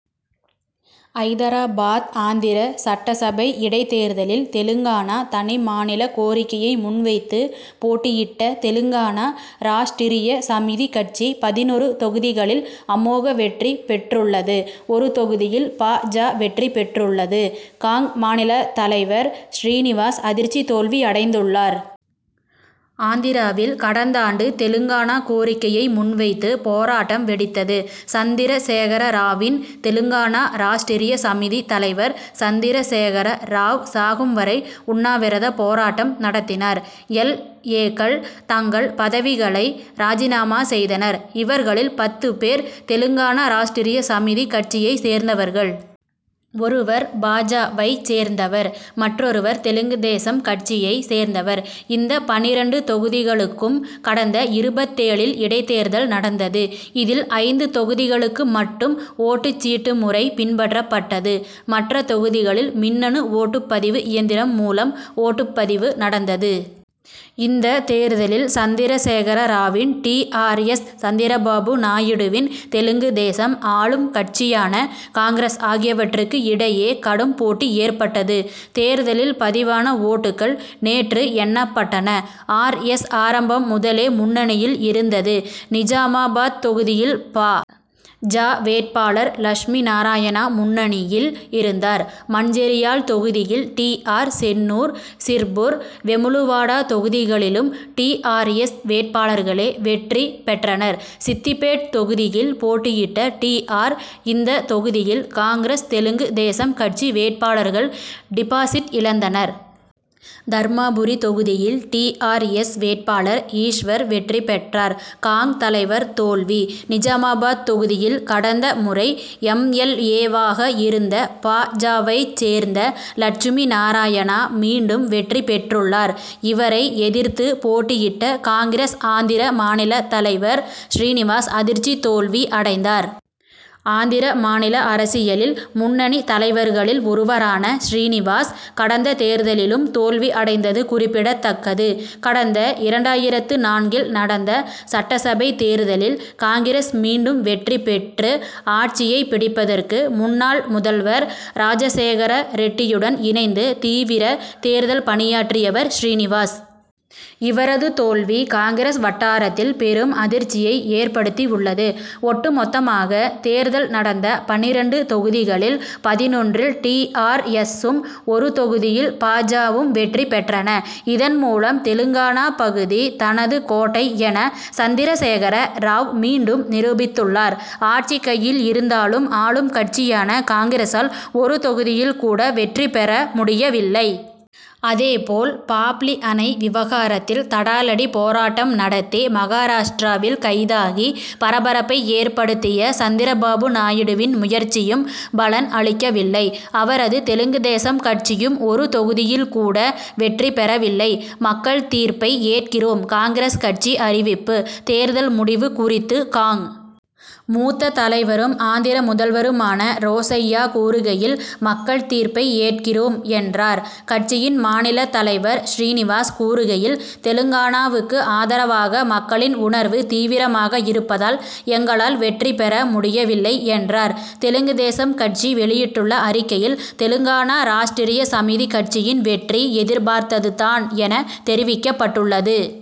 ஐதராபாத் ஆந்திர சட்டசபை இடைத் தேர்தலில், தெலுங்கானா தனி மாநில கோரிக்கையை முன்வைத்து போட்டியிட்ட தெலுங்கானா ராஷ்டிரிய சமிதி கட்சி, பதினொரு தொகுதிகளில் அமோக வெற்றி பெற்றுள்ளது. ஒரு தொகுதியில் பா. ஜ., வெற்றி பெற்றுள்ளது. காங்., மாநில தலைவர் ஸ்ரீநிவாஸ் அதிர்ச்சி தோல்வி அடைந்துள்ளார். ஆந்திராவில் கடந்தாண்டு தெலுங்கானா கோரிக்கையை முன்வைத்து, போராட்டம் வெடித்தது. சந்திரசேகர ராவின் தெலுங்கானா ராஷ்டிரிய சமிதி தலைவர் சந்திரசேகர ராவ், சாகும் வரை உண்ணாவிரத போராட்டம் நடத்தினார். எல். ஏ.,க்கள் தாங்கள் பதவிகளை ராஜினாமா செய்தனர். இவர்களில் பத்து பேர் தெலுங்கானா ராஷ்டிரிய சமிதி கட்சியை சேர்ந்தவர்கள். ஒருவர் பா. ஜ.,வைச் சேர்ந்தவர். மற்றொருவர் தெலுங்கு தேசம் கட்சியை சேர்ந்தவர். இந்த பன்னிரண்டு தொகுதிகளுக்கும் கடந்த இருபத்தேழில் இடைத்தேர்தல் நடந்தது. இதில், ஐந்து தொகுதிகளுக்கு மட்டும் ஓட்டுச் சீட்டு முறை பின்பற்றப்பட்டது. மற்ற தொகுதிகளில் மின்னணு ஓட்டுப் பதிவு இயந்திரம் மூலம் ஓட்டுப் பதிவு நடந்தது. இந்த தேர்தலில் சந்திரசேகர ராவின் டி. ஆர். எஸ்., சந்திரபாபு நாயுடுவின் தெலுங்கு தேசம், ஆளும் கட்சியான காங்கிரஸ் ஆகியவற்றுக்கு இடையே கடும் போட்டி ஏற்பட்டது. தேர்தலில் பதிவான ஓட்டுகள் நேற்று எண்ணப்பட்டன. ஆர். எஸ்., ஆரம்பம் முதலே முன்னணியில் இருந்தது. நிஜாமாபாத் தொகுதியில் பா. ஜ., வேட்பாளர் லஷ்மி நாராயணா முன்னணியில் இருந்தார். மன்செரியால் தொகுதியில் டி. ஆர். சென்னூர், சிர்புர், வெமுலுவாடா தொகுதிகளிலும் டி. ஆர். எஸ்., வேட்பாளர்களே வெற்றி பெற்றனர். சித்திபேட் தொகுதியில் போட்டியிட்ட டி. ஆர். இந்த தொகுதியில் காங்கிரஸ், தெலுங்கு தேசம் கட்சி வேட்பாளர்கள் டிபாசிட் இழந்தனர். தர்மாபுரி தொகுதியில் டி. ஆர். எஸ்., வேட்பாளர் ஈஸ்வர் வெற்றி பெற்றார். காங்., தலைவர் தோல்வி: நிஜாமாபாத் தொகுதியில் கடந்த முறை எம். எல். ஏ.,வாக இருந்த பா. ஜ.,வைச் சேர்ந்த லட்சுமி நாராயணா, மீண்டும் வெற்றி பெற்றுள்ளார். இவரை எதிர்த்து போட்டியிட்ட காங்கிரஸ் ஆந்திர மாநில தலைவர் ஸ்ரீநிவாஸ் அதிர்ச்சி தோல்வி அடைந்தார். ஆந்திர மாநில அரசியலில் முன்னணி தலைவர்களில் ஒருவரான ஸ்ரீநிவாஸ், கடந்த தேர்தலிலும் தோல்வி அடைந்தது குறிப்பிடத்தக்கது. கடந்த இரண்டாயிரத்து நான்கில் நடந்த சட்டசபை தேர்தலில் காங்கிரஸ் மீண்டும் வெற்றி பெற்று, ஆட்சியை பிடிப்பதற்கு முன்னாள் முதல்வர் ராஜசேகர ரெட்டியுடன் இணைந்து, தீவிர தேர்தல் பணியாற்றிவர் ஸ்ரீநிவாஸ். இவரது தோல்வி, காங்கிரஸ் வட்டாரத்தில் பெரும் அதிர்ச்சியை ஏற்படுத்தியுள்ளது. ஒட்டுமொத்தமாக, தேர்தல் நடந்த பன்னிரண்டு தொகுதிகளில் பதினொன்றில் டி. ஆர். எஸ்.,சும், ஒரு தொகுதியில் பா. ஜ.,வும் வெற்றி பெற்றன. இதன்மூலம், தெலுங்கானா பகுதி தனது கோட்டை என, சந்திரசேகர ராவ் மீண்டும் நிரூபித்துள்ளார். ஆட்சி கையில் இருந்தாலும், ஆளும் கட்சியான காங்கிரசால் ஒரு தொகுதியில் கூட வெற்றி பெற முடியவில்லை. அதேபோல், பாப்லி அணை விவகாரத்தில் தடாலடி போராட்டம் நடத்தி, மகாராஷ்டிராவில் கைதாகி பரபரப்பை ஏற்படுத்திய சந்திரபாபு நாயுடுவின் முயற்சியும் பலன் அளிக்கவில்லை. அவரது தெலுங்கு தேசம் கட்சியும் ஒரு தொகுதியில் கூட வெற்றி பெறவில்லை. மக்கள் தீர்ப்பை ஏற்கிறோம் காங்கிரஸ் கட்சி அறிவிப்பு: தேர்தல் முடிவு குறித்து காங்., மூத்த தலைவரும், ஆந்திர முதல்வருமான ரோசய்யா கூறுகையில்,"மக்கள் தீர்ப்பை ஏற்கிறோம்'என்றார். கட்சியின் மாநில தலைவர் ஸ்ரீநிவாஸ் கூறுகையில், "தெலுங்கானாவுக்கு ஆதரவாக மக்களின் உணர்வு தீவிரமாக இருப்பதால், எங்களால் வெற்றி பெற முடியவில்லை' என்றார். தெலுங்கு தேசம் கட்சி வெளியிட்டுள்ள அறிக்கையில்,"தெலுங்கானா ராஷ்டிரிய சமிதி கட்சியின் வெற்றி, எதிர்பார்த்தது தான்' என, தெரிவிக்கப்பட்டுள்ளது.